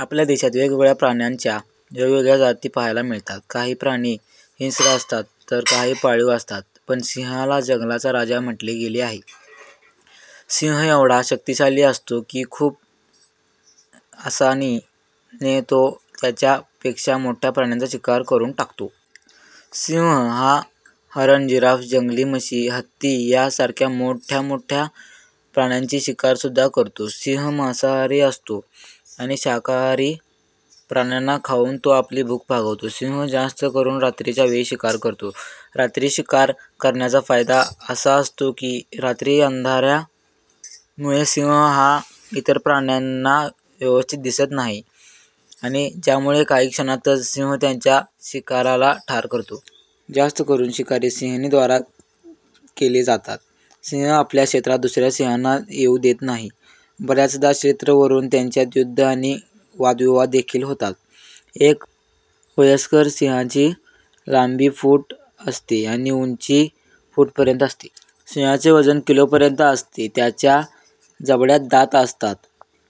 आपल्या देशात वेगवेगळ्या प्राण्यांच्या वेगवेगळ्या जाती पाहायला मिळतात. काही प्राणी हिंस्त्र असतात तर काही पाळीव असतात. पण सिंहाला जंगलाचा राजा म्हटले गेले आहे. सिंह एवढा शक्तिशाली असतो की खूप असानी ने तो त्याच्या पेक्षा मोठ्या प्राण्यांची शिकार करून टाकतो. सिंह हा हरण, जिराफ, जंगली म्हशी, हत्ती या सारख्या मोठमोठ्या प्राण्यांची शिकार सुद्धा करतो. सिंह मासाहरी असतो आणि शाकाहारी प्राण्यांना खाऊन तो आपली भुख भागवतो. सिंह जास्त करून रात्रीच्या वेळी शिकार करतो, रात्री शिकार करण्याचा फायदा असा असतो की रात्री अंधाऱ्या मुळे सिंह हा इतर प्राण्यांना व्यवस्थित दिसत नाही आणि ज्यामुळे काही क्षणातच सिंह त्याचा शिकाराला ठार करतो. जास्त करून शिकार सिहिणी द्वारा केले जातात. सिंह आपल्या क्षेत्रात दुसऱ्या सिंहांना येऊ देत नाही, बऱ्याचदा क्षेत्र वरून त्यांच्यात युद्ध आणि वाद विवाद देखील होतात. एका वयस्क सिंहाची लांबी फूट असते आणि उंची फूट पर्यंत असते. सिहाचे वजन किलो पर्यंत असते. त्याच्या जबड्यात दात असतात.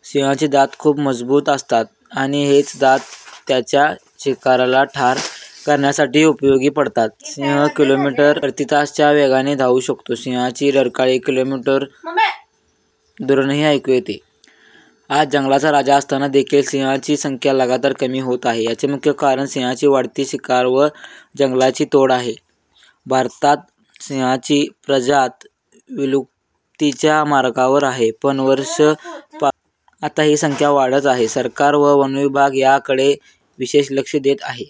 सिंहाची दात खूप मजबूत असतात आणि हेच दात त्याच्या शिकारला ठार करण्यासाठी उपयोगी पडतात. सिंह - किलोमीटर प्रती तास च्या वेगाने धावू शकतो. सिंहाची डरकाळी किलोमीटर दुरूनही ऐकू येते. आज जंगलाचा राजा असताना देखील सिंहाची संख्या लगातार कमी होत आहे. याचे मुख्य कारण सिंहाची वाढती शिकार व जंगलांची तोड आहे. भारतात सिंहाची प्रजात विलुप्तीच्या मार्गावर आहे. पण वर्ष पासून आता ही संख्या वाढत आहे सरकार व वनविभाग या कडे विशेष लक्ष देत आहे.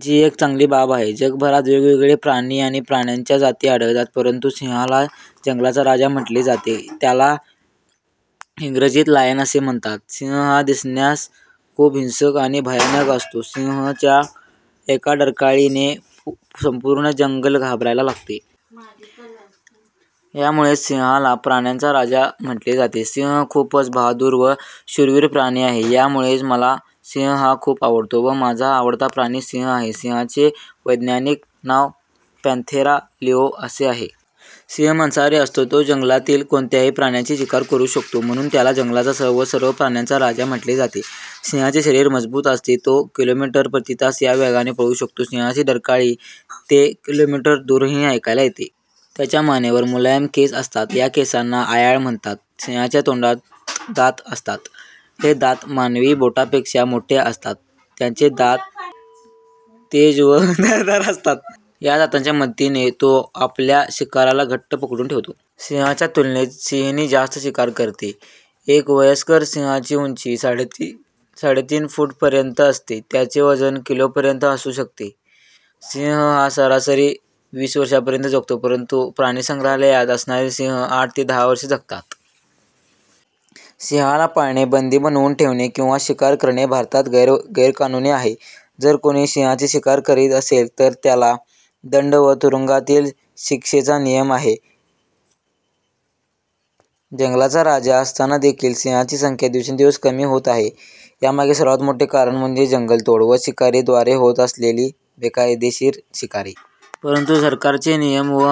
जी एक चांगली बाब आहे. जगभरात वेगवेगळे प्राणी आणि प्राण्यांच्या जाती आढळतात. परंतु सिंहाला जंगलाचा राजा म्हटले जाते. त्याला इंग्रजीत लायन असे म्हणतात. सिंह हा दिसण्यात खूपच हिंसक आणि भयानक असतो सिंह च्या एका डरकाळी ने संपूर्ण जंगल घाबरायला लागते. यामुळेच सिंहाला प्राण्यांचा राजा म्हटले जाते. सिंह खूपच बहादुर व शूरवीर प्राणी आहे या मुळेच मला सिंह हा खूप आवडतो व माझा आवडता प्राणी सिंह आहे. सिंहाचे वैज्ञानिक नाव पँन्थेरा लिओ असे आहे. सिंह मांसाहारी असतो, तो जंगलातील कोणत्याही प्राण्याची शिकार करू शकतो. म्हणून त्याला जंगलाचा व सर्व प्राण्याचा राजा म्हटले जाते. सिंहाचे शरीर मजबूत असते. तो किलोमीटर प्रतितास या वेगाने पळू शकतो. सिंहाची डरकाळी ते किलोमीटर दूरनही एकायला येते. त्याच्या मानेवर मुलायम केस असतात या केसांना आयाळ म्हणतात. सिंहाच्या तोंडात दात असतात हे दात मानवी बोटा पेक्षा मोठे असतात. त्याचे दात तेज व धारदार असतात, या दातांच्या मदतीने तो आपल्या शिकाराला घट्ट पकडून ठेवतो. सिंहाच्या तुलनेत सिंहीण जास्त शिकार करते. एका वयस्क सिंहाची उंची साडेतीन फूट पर्यंत असते. त्याचे वजन किलो पर्यंत असू शकते. सिंह हा सरासरी वीस वर्षांपर्यंत जगतो. परंतु प्राणिसंग्रहालयात असणारे सिंह आठ ते दहा वर्षे जगतात. सिंहाला पाळणे, बंदी बनवून ठेवणे किंवा शिकार करणे भारतात गैरकानूनी आहे. जर कोणी सिंहाची शिकार करीत असेल तर त्याला दंड व तुरुंगातील शिक्षेचा नियम आहे. जंगलाचा राजा असताना देखील सिंहाची संख्या दिवसेंदिवस कमी होत आहे यामागे सर्वात मोठे कारण म्हणजे जंगलतोड व शिकारी द्वारे होत असलेली बेकायदेशीर शिकार. परंतु सरकार चे नियम व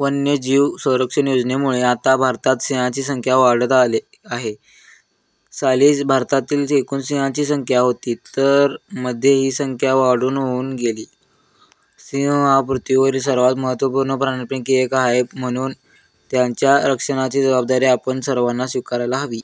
वन्य जीव संरक्षण योजनेमुळे आता भारतात सिंहाची संख्या वाढत आहे. साली भारतातील एकूण सिंहांची संख्या होती तर मध्ये ही संख्या वाढून होऊन गेली. सिंह हा पृथ्वीवरील सर्वात महत्वपूर्ण प्राण्यांपैकी एक आहे म्हणून त्याच्या रक्षणाची जबाबदारी आपण सर्वांनी स्वीकारायला हवी.